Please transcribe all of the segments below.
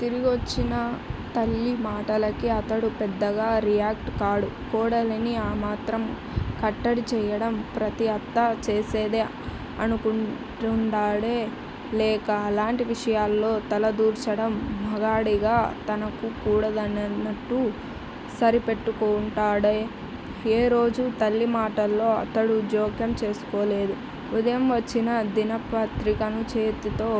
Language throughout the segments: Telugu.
తిరిగొచ్చినా తల్లి మాటలకి అతడు పెద్దగా రియాక్ట్. కాడు. కోడలిని ఆమాత్రం కట్టడి చేయడం ప్రతి అత్తా చేసేదే అనుకుంటాడో లేక అలాంటి విషయాల్లో తలదూర్చడం మగాడిగా తనకు కూడనిదని సరిపెట్టుకుంటాడో ఏ రోజూ తల్లి మాటల్లో అతడు జోక్యం చేసుకోలేదు. ఉదయం వచ్చిన దినపత్రికని చేతితో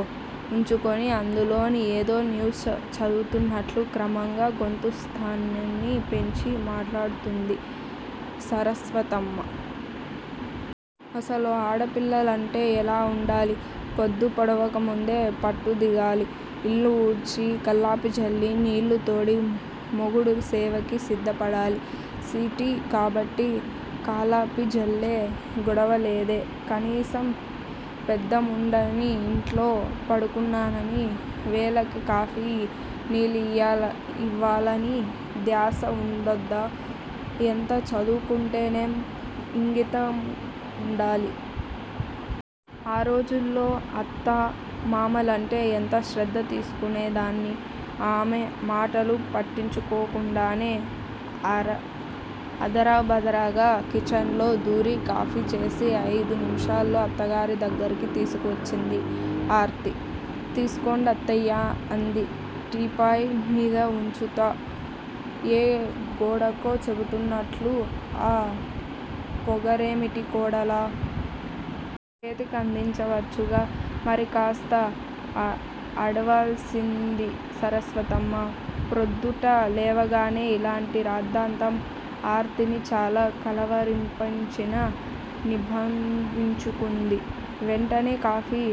ఉంచుకుని అందులోని ఏదో న్యూస్ చదువుతున్నట్లు క్రమంగా గొంతు స్థాయిని పెంచి మాట్లాడుతూంది సరస్వతమ్మా. అసలు ఆడపిల్లలంటే ఎలా వుండాలి? పొద్దు పొడవకముందే పట్టు దిగాలి. ఇల్లు ఊడ్చి, కళ్ళాపి జల్లి, నీళ్ళూ తోడి మొగుడి సేవకి సిద్ధపడాలి. సిటీ కాబట్టి కాళ్ళాపి జల్లే గొడవలేదే, కనీసం పెద్దముండని ఇంట్లో పడున్నాననీ, వేళకి కాఫీ నీళ్ళయినా ఇవ్వాలనీ ధ్యాస ఉండొద్దూ. ఎంత చదువుకుంటేనేం ఇంగితం వుండాలి. ఆ రోజుల్లో అత్తా, మామలంటే ఎంత శ్రద్ధ తీసుకునేదాన్ని ఆమె మాటలు పట్టించుకోకుండానే ఆదరబాదరాగా కిచెన్ లో దూరి కాఫీ చేసి అయిదు నిమిషాలలో అత్తగారి దగ్గరకు తీసుకొచ్చింది ఆర్తి. తీసుకోండత్తయ్యా అంది టీపాయ్ మీద వుంచుతూ. ఏ గోడకో చెబుతున్నట్టు ఆ పొగరేమిటి కోడలా! చేతికందించవచ్చుగా? మరికాస్త అడ్వాన్సయింది సరస్వతమ్మ. ప్రొద్దుట లేవగానే ఇలాంటి రాద్ధాంతం ఆర్తిని చాలా కలవరపరిచినా నిభాయించుకుంది. వెంటనే కాఫీ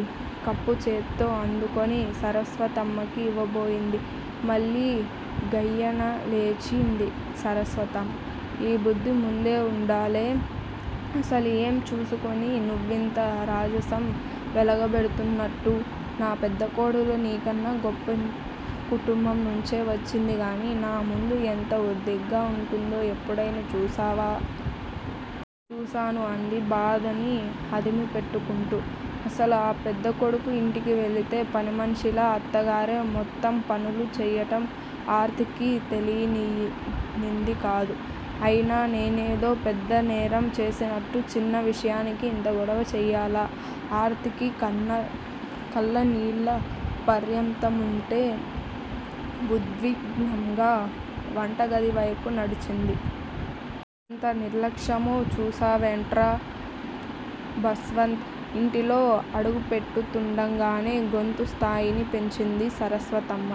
కప్పుచేత్తో అందుకుని సరస్వతమ్మకి యివ్వబోయింది. మళ్ళీ గయ్యి న లేచింది సరస్వతమ్మ. ఈబుద్ది ముందే ఉండాలే. అసలు ఏం చూసుకుని నువ్వింత రాజసం వెలగబెడుతున్నట్టు? నా పెద్ద కోడలు నీకన్నా గొప్పది కుటుంబం నుంచే వచ్చిందిగాని నా ముందు ఎంత ఒద్దికగా వుంటుందో ఎప్పుడయినా చూశావా? చూశాను అంది బాధని అదిమి పెట్టుకుంటూ. ఆసలు ఆ పెద్ద కొడుకు ఇంటికి వెళితే పనిమనిషిలా అత్తగారే మొత్తం పనులు చేయటం ఆర్తికి తెలీనిది కాదు. అయినా నేనేదో పెద్ద నేరం చేసినట్టు చిన్న విషయానికి ఇంత గొడవ చేయాలా? ఆర్తికి కళ్ళనీళ్ల పర్యంతమౌతుంటే వుద్విగ్నంగా వంటగది వైపు నడించింది. ఎంత నిర్లక్ష్యమో చూశావట్రా? భాస్వంత్ ఇంటిలో అడుగుపెటుతుండగానే గొంతు స్థాయిని పెంచింది సరస్వతమ్మ.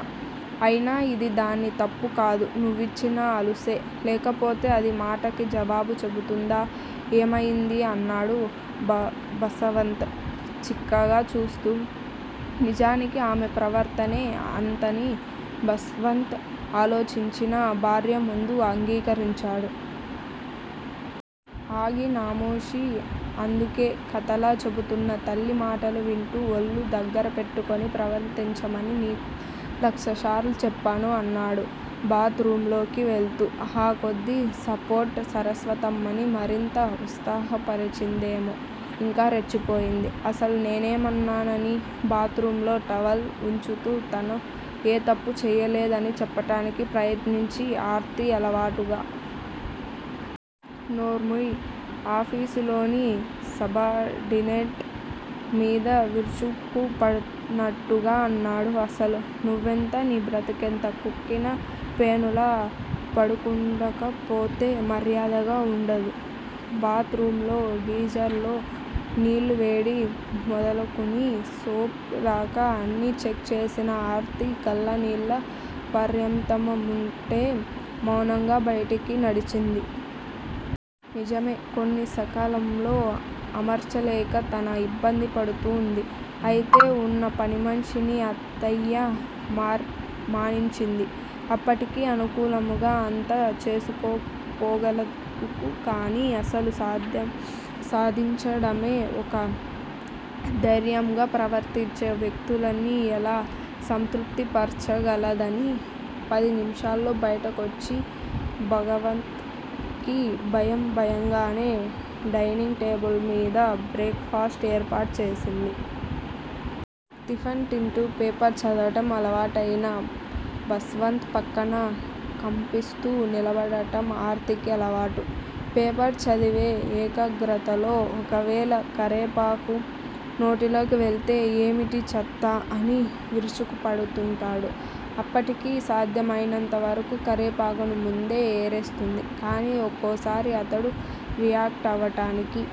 అయినా ఇది దాని తప్పు కాదు నువ్విచ్చిన అలుసే. లేకపోతే అది మాటకి జవాబు చెబుతుందా? ఏమైంది? అన్నాడు భాస్వంత్ చికాగ్గా చూస్తూ. నిజానికి ఆమె ప్రవర్తనే అంతని భాస్వంత్ ఆలోచించినా భార్యముందు అంగీకరించడు. ఆగి నామోషీ. అందుకే కథలా చెబుతున్న తల్లి మాటలు వింటూ ఒళ్ళు దగ్గరపెట్టుకుని ప్రవర్తించమని నీకు లక్షసార్లు చెప్పాను అన్నాడు బాత్ రూంలోకి వెళుతూ. ఆ కొద్ది సపోర్ట్ సరస్వతమ్మని మరింత ఉత్సాహపరిచిందేమో ఇంకా రెచ్చిపోయింది. అసలు నేనేమన్నానని? బాత్ రూంలో టవల్ వుంచుతూ తను ఏ తప్ప్పూ చేయలేదని చెప్పటానికి ప్రయత్నించింది ఆర్తి అలవాటుగా. నోర్ముయ్! ఆఫీసులోని సబార్డినేట్ మీద విరుచుకుపడినట్టుగా అన్నాడు అసలు నువ్వెంత నీ బ్రతుకెంత? కుక్కిన పేనులా పడుండకపోతే మర్యాదగా వుండదు. బాత్ రూంలో గీజర్ లో నీళ్ళూ వేడి మొదలుకుని సోప్ దాకా అన్నీ చెక్ చేసిన ఆర్తి కళ్ళనీళ్ళ పర్యంతమవుతుంటే మౌనంగా బయటికి నడిచింది. నిజమే! కొన్ని సకాలంలో అమర్చలేక తన ఇబ్బంది పడుతూంది. అయితే ఉన్న పనిమనిషినీ అత్తయ్య మాన్పించింది. అప్పటికీ అనుకూలముగా అంతా చేసుకుపోగలదుకాని అసలు సాధించడమే ఒక ధ్యేయంగా ప్రవర్తించే వ్యక్తుల్ని ఎలా సంతృప్తి పరచగలదని. పది నిమిషాలలో బయటకొచ్చిన భగవంత్ కి భయం భయంగానే డైనింగ్ టేబుల్ మీద భ్రేక్ ఫాస్ట్ ఏర్పాటు చేసింది. టిఫిన్ తింటూ పేపర్ చదవడం అలవాటయిన భాస్వంత్ పక్కన కంపిస్తూ నిలబడటం ఆర్తికి అలవాటు. పేపర్ చదివే ఏకగ్రతలోఒకవేళ కరివేపాకు నోటిలోకి వెళితే 'ఏమిటీ చెత్తంతా? ' అని విరుచుకుపడుతుంటాడు. అప్పటికీ సాధ్యమైనంత వరకూ కరివేపాకుని ముందే ఏరేస్తుంది. కానీ ఒక్కోసారి అతడు రియాక్టవటానికి